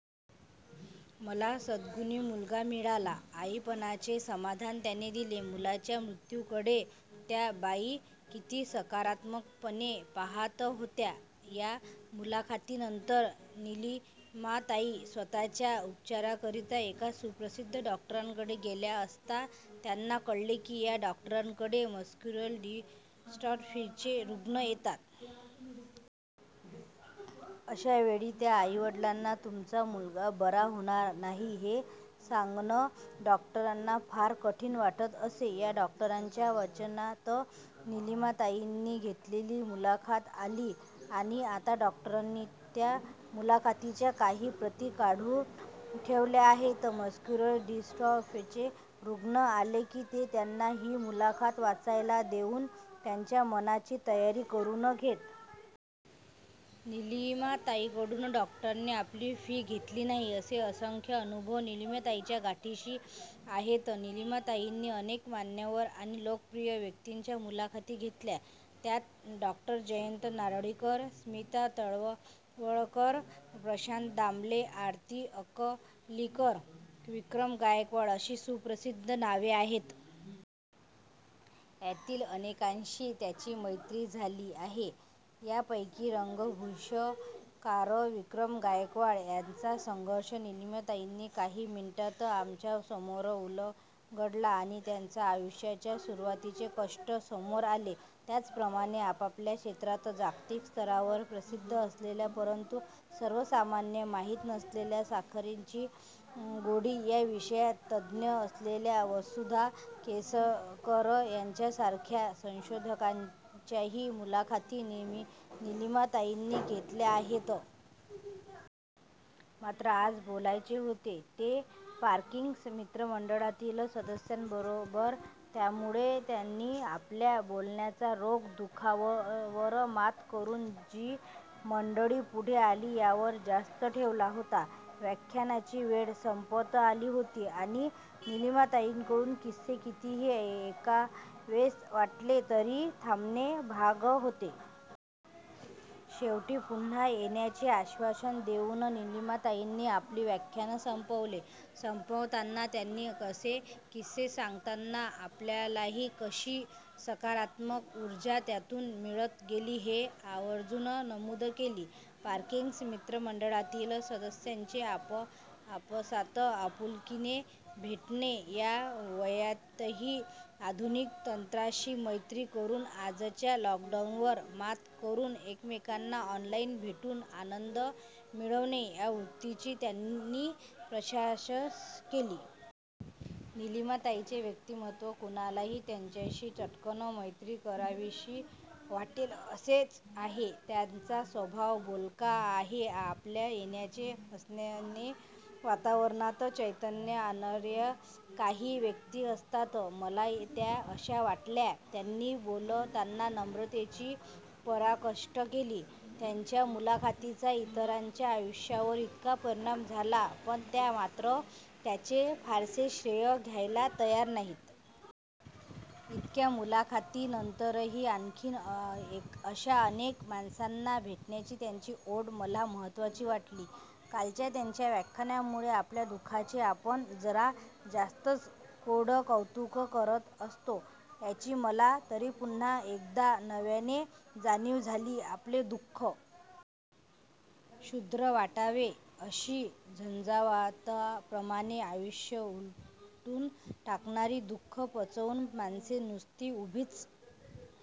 मला सद्गुणी मुलगा मिळाला. आईपणाचे समाधान त्याने दिले. मुलाच्या मृत्युकडे त्या बाई किती सकारात्मकपणे पाहात होत्या. या मुलाखतीनंतर निलिमाताई स्वतःच्याच उपचाराकरीता एका सुप्रसिद्ध डॉक्टरांकडे गेल्या असता त्यांना कळले की या डॉक्टरांकडे मस्क्युलर डिस्ट्रॉफीचे रुग्ण येतात. अशावेळी त्या आईवडिलांना तुमचा मुलगा बरा होणार नाही हे सांगणं डॉक्टरांना फार कठीण वाटत असे. या डॉक्टरांच्या वाचनात निलिमाताईंनी घेतलेली मुलाखत आली. आणि आता डॉक्टरांनी त्या मुलाखतींच्या काही प्रती काढून ठेवल्या आहेत. मस्क्युलर डिस्ट्रॉफीचे रुग्ण आले की ते त्यांना ही मुलाखत वाचायला देऊन त्यांच्या मनाची तयारी करून घेतात. निलिमाताईंकडून डॉक्टरांनी आपली फी घेतली नाही. असे असंख्य अनुभव निलिमाताईंच्या गाठीशी आहेत. निलिमाताईंनी अनेक मान्यवर आणि लोकप्रिय व्यक्तींच्या मुलाखती घेतल्या. त्यात डॉ. जयंत नारळीकर, स्मिता तळवलकर, प्रशांत दामले, आरती अंकलिकर, विक्रम गायकवाड अशी सुप्रसिद्ध नावे आहेत. यातील अनेकांशी त्यांची मैत्री झाली आहे. यापैकी रंगभूषाकार विक्रम गायकवाड यांचा संघर्ष निलिमाताईंनी काही मिनिटात आमच्यासमोर उलगडला आणि त्यांच्या आयुष्याच्या सुरुवातीचे कष्ट समोर आले. त्याचप्रमाणे आपापल्या क्षेत्रात जागतिक स्तरावर प्रसिद्ध असलेल्या परंतु सर्वसामान्यांना माहित नसलेल्या साखरेची गोडी या विषयात तज्ञ असलेल्या वसुधा केसकर यांच्यासारख्या संशोधकाच्याही मुलाखती निलिमाताईंनी घेतल्या आहेत. मात्र आज बोलायचे होते ते पार्किन्सन्स मित्रमंडळातील सदस्यांबरोबर. त्यामुळे त्यांनी आपल्या बोलण्याचा रोख दु:खांवर मात करून जी मंडळी पुढे आली यावर जास्त ठेवला होता. व्याख्यानाची वेळ संपत आली होती आणि निलिमाताईंकडून किस्से कितीही ऐकावेसे वाटले तरी थांबणे भाग होते. शेवटी पुन्हा येण्याचे आश्वासन देऊन निलिमाताईंनी आपले व्याख्यान संपवले. संपवताना त्यांनी असे किस्से सांगताना आपल्यालाही कशी सकारात्मक उर्जा त्यातून मिळत गेली हे आवर्जून नमूद केले. पार्किन्सन्स मित्रमंडळातील सदस्यांचे आपापसात आपुलकिने भेटणे, या वयातही आधुनिक तंत्राशी मैत्री करून आजच्या लॉकडाऊनवर मात करून एकमेकांना ऑनलाईन भेटून आनंद मिळवणे या वृत्तीची त्यांनी प्रशंसा केली. निलिमाताईंचे व्यक्तीमत्व कुणालाही त्यांच्याशी चटकन मैत्री कराविशी वाटेल असेच आहे. त्यांचा स्वभाव बोलका आहे. आपल्या येण्याने, असण्याने वातावरणात चैतन्य आणणार्या काही व्यक्ती असतात. मला त्या अशा वाटल्या. त्यांनी बोलताना नम्रतेची पराकाष्ठा केली. त्यांच्या मुलाखतींचा इतरांच्या आयुष्यावर इतका परिणाम झाला पण त्या मात्र त्याचे फारसे श्रेय घ्यायला तयार नाहीत. इतक्या मुलाखतींनंतरही आणखी अशा अनेक माणसांना भेटण्याची त्यांची ओढ मला महत्त्वाची वाटली. कालच्या त्यांच्या व्याख्यानामुळे आपल्या दु:खाचे आपण जरा जास्तच कोडकौतुक करत असतो याची मला तरी पुन्हा एकदा नव्याने जाणीव झाली. आपले दु:ख क्षुद्र वाटावे अशी झंझावाताप्रमाणे आयुष्य उलथून टाकणारी दु; खं पचवून माणसे नुसती उभीच